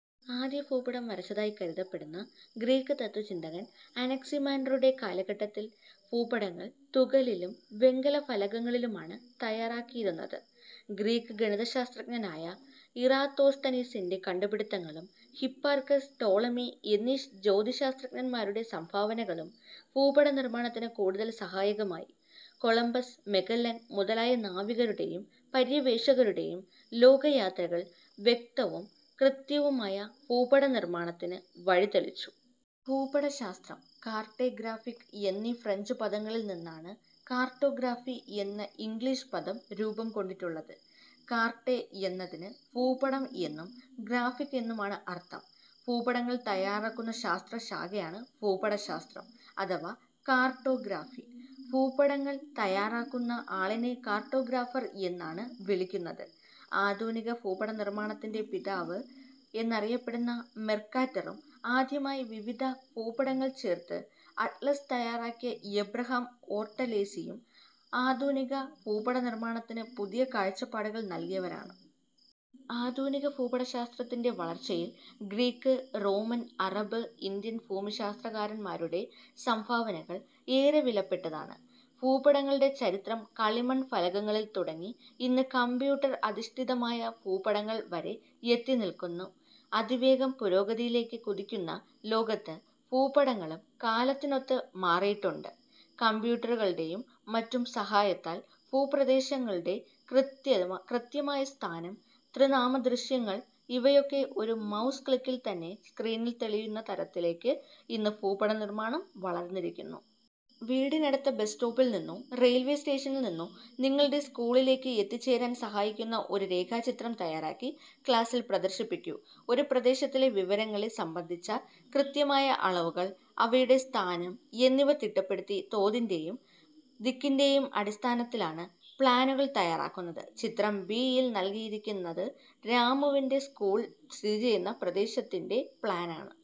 ആദ്യ ഭൂപടം വരച്ചതായി കരുതപ്പെടുന്ന ഗ്രീക്ക് തത്വചിന്തകൻ അനക്സിമാൻഡറുടെ കാലഘട്ടത്തിൽ ഭൂപടങ്ങൾ തുകലിലും വെങ്കല ഫലകങ്ങളിലുമാണ് തയ്യാറാക്കിയിരുന്നത്. ഗ്രീക്ക് ഗണിതശാസ്ത്രജ്ഞനായ ഇറാത്തോസ്തനീസിന്റെ കണ്ടുപിടുത്തങ്ങളും ഹിപ്പാർക്കസ്, ടോളമി എന്നീ ജ്യോതിശാസ്ത്രജ്ഞരുടെ സംഭാവനകളും ഭൂപടനിർമ്മാണത്തിന് കൂടുതൽ സഹായകമായി. കൊളമ്പസ്, മെഗല്ലൻ മുതലായ നാവികരുടെയും പര്യവേഷകരുടെയും ലോകയാത്രകൾ വ്യക്തവും കൃത്യവുമായ ഭൂപടനിർമ്മാണത്തിന് വഴിതെളിച്ചു. ഭൂപടശാസ്ത്രം- കാർട്ടേ ഗ്രാഫിക് എന്നീ ഫ്രഞ്ച് പദങ്ങളിൽ നിന്നാണ് കാർട്ടോഗ്രാഫി എന്ന ഇംഗ്ലീഷ് പദം രൂപംകൊണ്ടിട്ടുള്ളത്. കാർട്ടേ എന്നതിന് ഭൂപടം എന്നും ഗ്രാഫിക് എന്നുമാണ് അർഥം. ഭൂപടങ്ങൾ തയ്യാറാക്കുന്ന ശാസ്ത്രശാഖയാണ് ഭൂപടശാസ്ത്രം അഥവാ കാർട്ടോഗ്രാഫി. ഭൂപടങ്ങൾ തയ്യാറാക്കുന്ന ആളിനെ കാർട്ടോഗ്രാഫർ എന്നാണ് വിളിക്കുന്നത്. ആധുനിക ഭൂപടനിർമ്മാണത്തിന്റെ പിതാവ് എന്നറിയപ്പെടുന്ന മെർക്കാറ്ററും ആദ്യമായി വിവിധ ഭൂപടങ്ങൾ ചേർത്ത് "അറ്റ്ലസ്' തയ്യാറാക്കിയ എബ്രഹാം ഓർട്ടേലിയസും ആധുനിക ഭൂപടനിർമ്മാണത്തിന് പുതിയ കാഴ്ചപ്പാടുകൾ നൽകിയവരാണ്. ആധുനിക ഭൂപടശാസ്ത്രത്തിന്റെ വളർച്ചയിൽ ഗ്രീക്ക്, റോമൻ, അറബ്, ഇന്ത്യൻ ഭൂമിശാസ്ത്രകാരന്മാരുടെ സംഭാവനകൾ ഏറെ വിലപ്പെട്ടതാണ്. ഭൂപടങ്ങളുടെ ചരിത്രം കളിമൺ ഫലകങ്ങളിൽ തുടങ്ങി ഇന്ന് കമ്പ്യൂട്ടർ അധിഷ്ഠിതമായ ഭൂപടങ്ങൾ വരെ എത്തിനിൽക്കുന്നു. അതിവേഗം പുരോഗതിയിലേക്ക് കുതിക്കുന്ന ലോകത്ത് ഭൂപടങ്ങളും കാലത്തിനൊത്ത് മാറിയിട്ടുണ്ട്. കമ്പ്യൂട്ടറുകളുടെയും മറ്റും സഹായത്താൽ ഭൂപ്രദേശങ്ങളുടെ കൃത്യമായ സ്ഥാനം, ത്രിമാനദൃശ്യങ്ങൾ ഇവയൊക്കെ ഒരു മൗസ് ക്ലിക്കിൽ തന്നെ സ്ക്രീനിൽ തെളിയുന്ന തരത്തിലേക്ക് ഇന്ന് ഭൂപടനിർമ്മാണം വളർന്നിരിക്കുന്നു. വീടിനടുത്ത ബസ്സ് സ്റ്റോപ്പിൽ നിന്നോ റെയിൽവെ സ്റ്റേഷനിൽനിന്നോ നിങ്ങളുടെ സ്കൂളിലേക്ക് എത്തിച്ചേരാൻ സഹായിക്കുന്ന ഒരു രേഖാചിത്രം തയ്യാറാക്കി ക്ലാസിൽ പ്രദർശിപ്പിക്കൂ. ഒരു പ്രദേശത്തിലെ വിവരങ്ങളെ സംബന്ധിച്ച കൃത്യമായ അളവുകൾ, അവയുടെ സ്ഥാനം എന്നിവ തിട്ടപ്പെടുത്തി തോതിന്റെയും ദിക്കിന്റെയും അടിസ്ഥാനത്തിലാണ് പ്ലാനുകൾ തയ്യാറാക്കുന്നത്. ചിത്രം ബി യിൽ നൽകിയിരിക്കുന്നത് രാമുവിന്റെ സ്കൂൾ സ്ഥിതിചെയ്യുന്ന പ്രദേശത്തിന്റെ പ്ലാനാണ്.